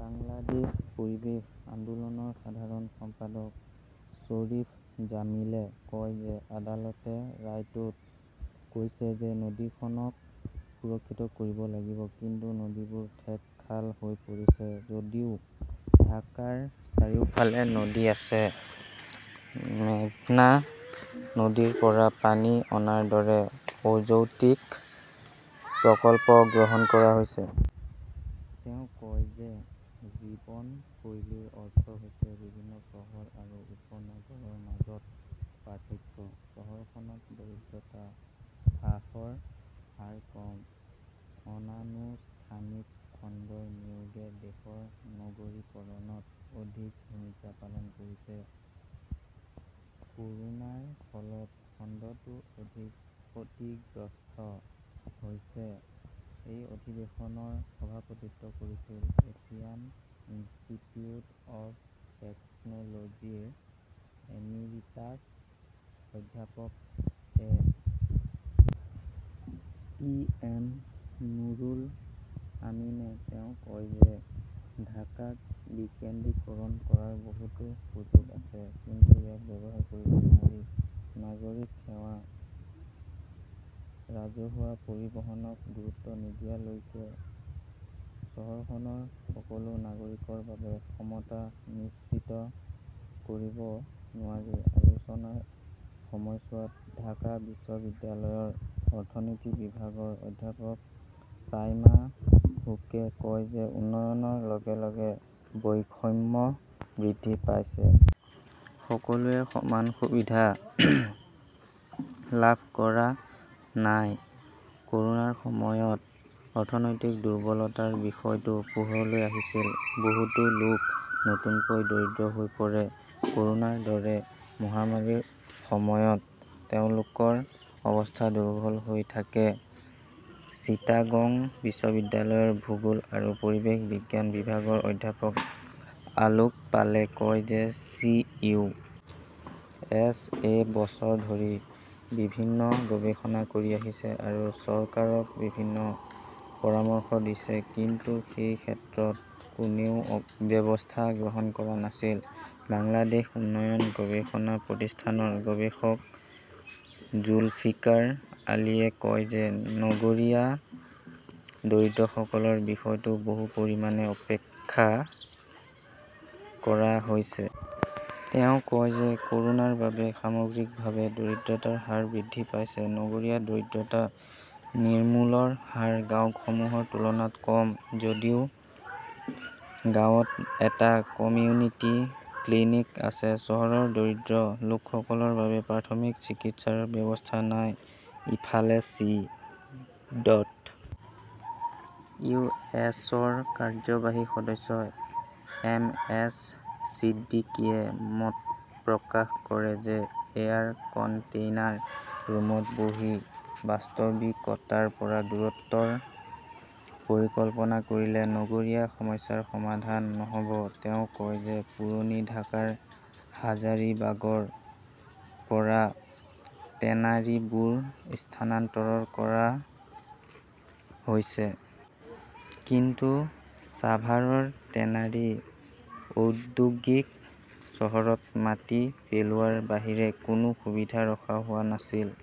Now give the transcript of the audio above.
বাংলাদেশ পৰিৱেশ আন্দোলনৰ সাধাৰণ সম্পাদক শ্বৰীফ জামিলে কয় যে আদালতে ৰায়টোত কৈছে যে নদীখনক সুৰক্ষিত কৰিব লাগিব। কিন্তু নদীবোৰ ঠেক খাল হৈ পৰিছে। যদিও ঢাকাৰ চাৰিওফালে নদী আছে, মেঘনা নদীৰ পৰা পানী অনাৰ দৰে অযৌক্তিক প্ৰকল্প গ্ৰহণ কৰা হৈছে। তেওঁ কয় যে জীৱনশৈলীৰ অৰ্থ হৈছে বিভিন্ন চহৰ আৰু উপ-নগৰৰ মাজত পাৰ্থক্য। চহৰখনত দৰিদ্ৰতা হ্ৰাসৰ হাৰ কম। অনানুষ্ঠানিক খণ্ডৰ নিয়োগে দেশৰ নগৰীকৰণত অধিক ভূমিকা পালন কৰিছে। ক'ৰোনাৰ ফলত খণ্ডটো অধিক ক্ষতিগ্ৰস্ত হৈছে। এই অধিৱেশনৰ সভাপতিত্ব কৰিছিল এছিয়ান ইনষ্টিটিউট অৱ টেকন'লজিৰ এমিৰিটাছ অধ্যাপক এ. টি. এম. নুৰুল আমিনে। তেওঁ কয় যে ঢাকাক বিকেন্দ্ৰীকৰণ কৰাৰ বহুতো সুযোগ আছে। কিন্তু ইয়াক ব্যৱহাৰ কৰিব নোৱাৰি। নাগৰিক সেৱা, ৰাজহুৱা পৰিবহণক গুৰুত্ব নিদিয়ালৈকে চহৰখনৰ সকলো নাগৰিকৰ বাবে সমতা নিশ্চিত কৰিব নোৱাৰি। আলোচনাৰ সময়ছোৱাত ঢাকা বিশ্ববিদ্যালয়ৰ অৰ্থনীতি বিভাগৰ অধ্যাপক চাইমা হুকে কয় যে উন্নয়নৰ লগে লগে বৈষম্য বৃদ্ধি পাইছে। সকলোৱে সমান সুবিধা লাভ কৰা নাই। ক'ৰোনাৰ সময়ত অৰ্থনৈতিক দুৰ্বলতাৰ বিষয়টো পোহৰলৈ আহিছিল। বহুতো লোক নতুনকৈ দৰিদ্ৰ হৈ পৰে। ক'ৰোনাৰ দৰে মহামাৰীৰ সময়ত তেওঁলোকৰ অৱস্থা দুৰ্বল হৈ থাকে। চিটাগং বিশ্ববিদ্যালয়ৰ ভূগোল আৰু পৰিৱেশ বিজ্ঞান বিভাগৰ অধ্যাপক আলোক পালে কয় যে চি .ইউ .এছ-এ বছৰ ধৰি বিভিন্ন গৱেষণা কৰি আহিছে আৰু চৰকাৰক বিভিন্ন পৰামৰ্শ দিছে। কিন্তু সেই ক্ষেত্ৰত কোনেও ব্যৱস্থা গ্ৰহণ কৰা নাছিল। বাংলাদেশ উন্নয়ন গৱেষণা প্ৰতিষ্ঠানৰ গৱেষক জুলফিকাৰ আলীয়ে কয় যে নগৰীয়া দৰিদ্ৰসকলৰ বিষয়টো বহু পৰিমাণে উপেক্ষা কৰা হৈছে। তেওঁ কয় যে ক'ৰোনাৰ বাবে সামগ্ৰিকভাৱে দৰিদ্ৰতাৰ হাৰ বৃদ্ধি পাইছে। নগৰীয়া দৰিদ্ৰতা নিৰ্মূলৰ হাৰ গাঁওসমূহৰ তুলনাত কম। যদিও গাঁৱত এটা কমিউনিটি ক্লিনিক আছে, চহৰৰ দৰিদ্ৰ লোকসকলৰ বাবে প্ৰাথমিক চিকিৎসাৰ ব্যৱস্থা নাই। ইফালে চি. ইউ. এছ. -ৰ কাৰ্যবাহী সদস্য এম. এছ. ছিদ্দিকীয়ে মত প্ৰকাশ কৰে যে এয়াৰ কণ্টেইনাৰ ৰুমত বহি বাস্তৱিকতাৰ পৰা দূৰত্বৰ পৰিকল্পনা কৰিলে নগৰীয়া সমস্যাৰ সমাধান নহ 'ব। তেওঁ কয় যে পুৰণি ঢাকাৰ হাজাৰিবাগৰ পৰা টেনাৰীবোৰ স্থানান্তৰ কৰা হৈছে। কিন্তু ছাভাৰৰ টেনাৰী ঔদ্যোগিক চহৰত মাটি পেলোৱাৰ বাহিৰে কোনো সুবিধা ৰখা হোৱা নাছিল।